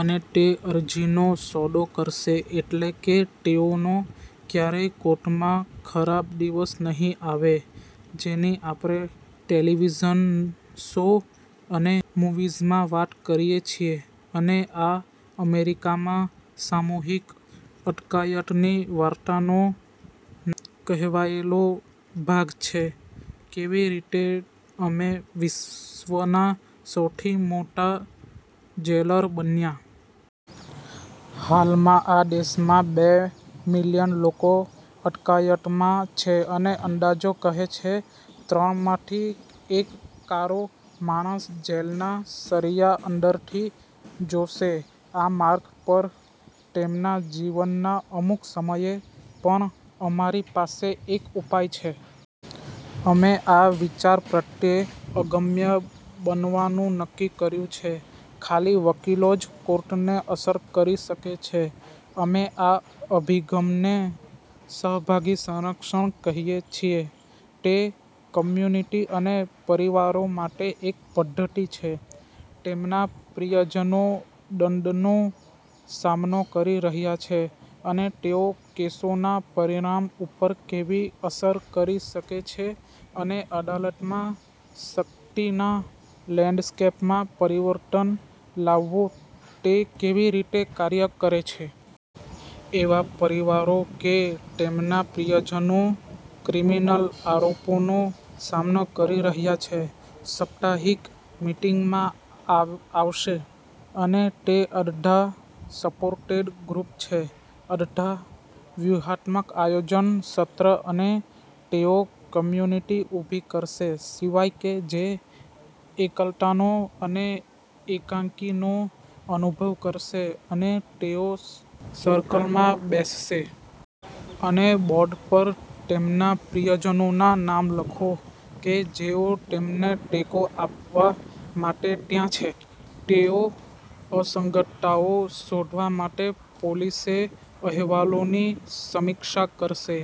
અને તે અરજીનો સોદો કરશે. એટલે કે તેઓનો ક્યારેય કોર્ટમાં ખરાબ દિવસ નહિ આવે જેની આપણે ટેલિવિઝન શો અને મુવીઝમાં વાત કરીએ છીએ. અને આ અમેરિકામાં સામૂહિક અટકાયતની વાર્તાનો ના કહેવાયેલો ભાગ છે, કેવી રીતે અમે વિશ્વના સૌથી મોટા જેલર બન્યા. હાલમાં આ દેશમાં બે મિલિયન લોકો અટકાયતમાં છે અને અંદાજો કહે છે ત્રણમાંથી એક કાળો માણસ જેલના સળિયા અંદરથી જોશે આ માર્ગ પર તેમના જીવનના અમુક સમયે. પણ અમારી પાસે એક ઉપાય છે. અમે આ વિચાર પ્રત્યે અગમ્ય બનવાનું નક્કી કર્યું છે. ખાલી વકીલો જ કોર્ટને અસર કરી શકે છે. અમે આ અભિગમને "સહભાગી સંરક્ષણ" કહિએ છીએ. તે કમ્યુનિટી અને પરિવારો માટે એક પદ્ધતિ છે. તેમના પ્રિયજનો દંડનો સામનો કરી રહ્યા છે અને તેઓ કેસોના પરિણામ ઉપર કેવી અસર કરી શકે છે અને અદાલતમાં શક્તિના લેન્ડસ્કેપમાં પરિવર્તન લાવવું તે કેવી રીતે કાર્ય કરે છે. એવા પરિવારો કે તેમના પ્રિયજનો ક્રિમીનલ આરોપોનો સામનો કરી રહ્યા છે સપ્તાહિક મિટિંગમાં આવશે, અને તે અડધા સપોર્ટેડ ગ્રુપ છે, અડધા વ્યૂહાત્મક આયોજન સત્ર અને તેઓ કમ્યુનિટી ઊભી કરશે સિવાય કે જે એકલતાનો અને એકાકી નો અનુભવ કરશે અને તેઓ સર્કલમાં બેસશે. અને બોર્ડ પર તેમના પ્રિયજનોના નામ લખો કે જેઓ તેમને ટેકો આપવા માટે ત્યાં છે. તેઓ અસંગતતાઓ શોધવા માટે પોલીસે અહેવાલોની સમીક્ષા કરશે,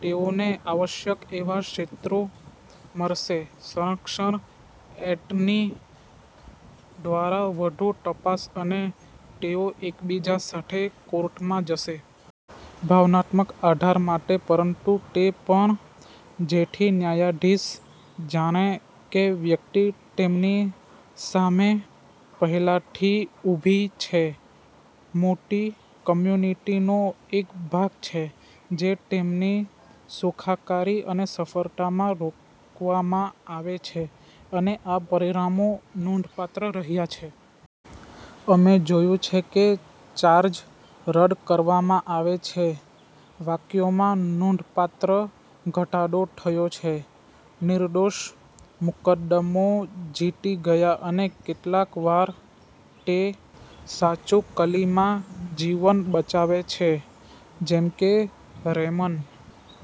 તેઓને આવશ્યક એવા ક્ષેત્રો મળશે, સંરક્ષણ એટર્ની દ્વારા વધુ તપાસ અને તેઓ એકબીજા સાથે કોર્ટમાં જશે. ભાવનાત્મક આધાર માટે પરંતુ તે પણ જેથી ન્યાયાધીશ જાણે કે વ્યક્તિ તેમની સામે પહેલાથી ઉભી છે મોટી કમ્યુનિટીનો એક ભાગ છે જે તેમની સુખાકારી અને સફળતામાં રોકવામાં આવે છે અને આ પરિણામો નોંધપાત્ર રહ્યા છે. અમે જોયું છે કે ચાર્જ રદ કરવામાં આવે છે. વાક્યોમાં નોંધપાત્ર ઘટાડો થયો છે. નિર્દોષ મુકદ્દમો જીતી ગયા અને કેટલીક વાર તે સાચુકલીમા જીવન બચાવે છે જેમકે રેમન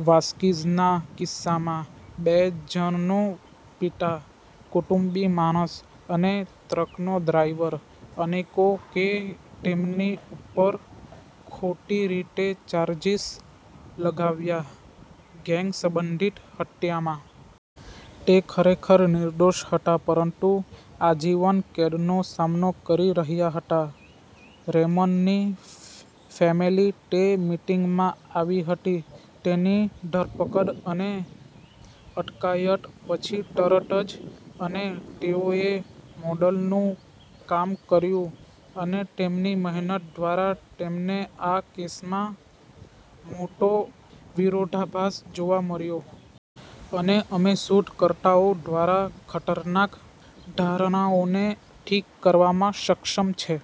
વાસ્કિઝના કિસ્સામાં. બે જણનો પિતા, કુટુંબી માણસ, અને ટ્રકનો ડ્રાઈવર અનેકો કે તેમની ઉપર ખોટી રીતે ચાર્જીસ લગાવ્યા ગેંગ સંબંધિત હત્યા મા. તે ખરેખર નિર્દોષ હતા પરંતુ આજીવન કેદનો સામનો કરી રહ્યા હતા. રેમનની ફેમિલી તે મિટિંગમાં આવી હતી. તેની ધરપકડ અને અટકાયત પછી તરત જ અને તેઓએ મોડલનું કામ કર્યું અને તેમની મહેનત દ્વારા તેમને આ કેસમાં મોટો વિરોધાભાસ જોવા મળ્યો. અને અમે શોધ કરતાઓ દ્વારા ખતરનાક ધારણાઓને ઠીક કરવામાં સક્ષમ છીએ.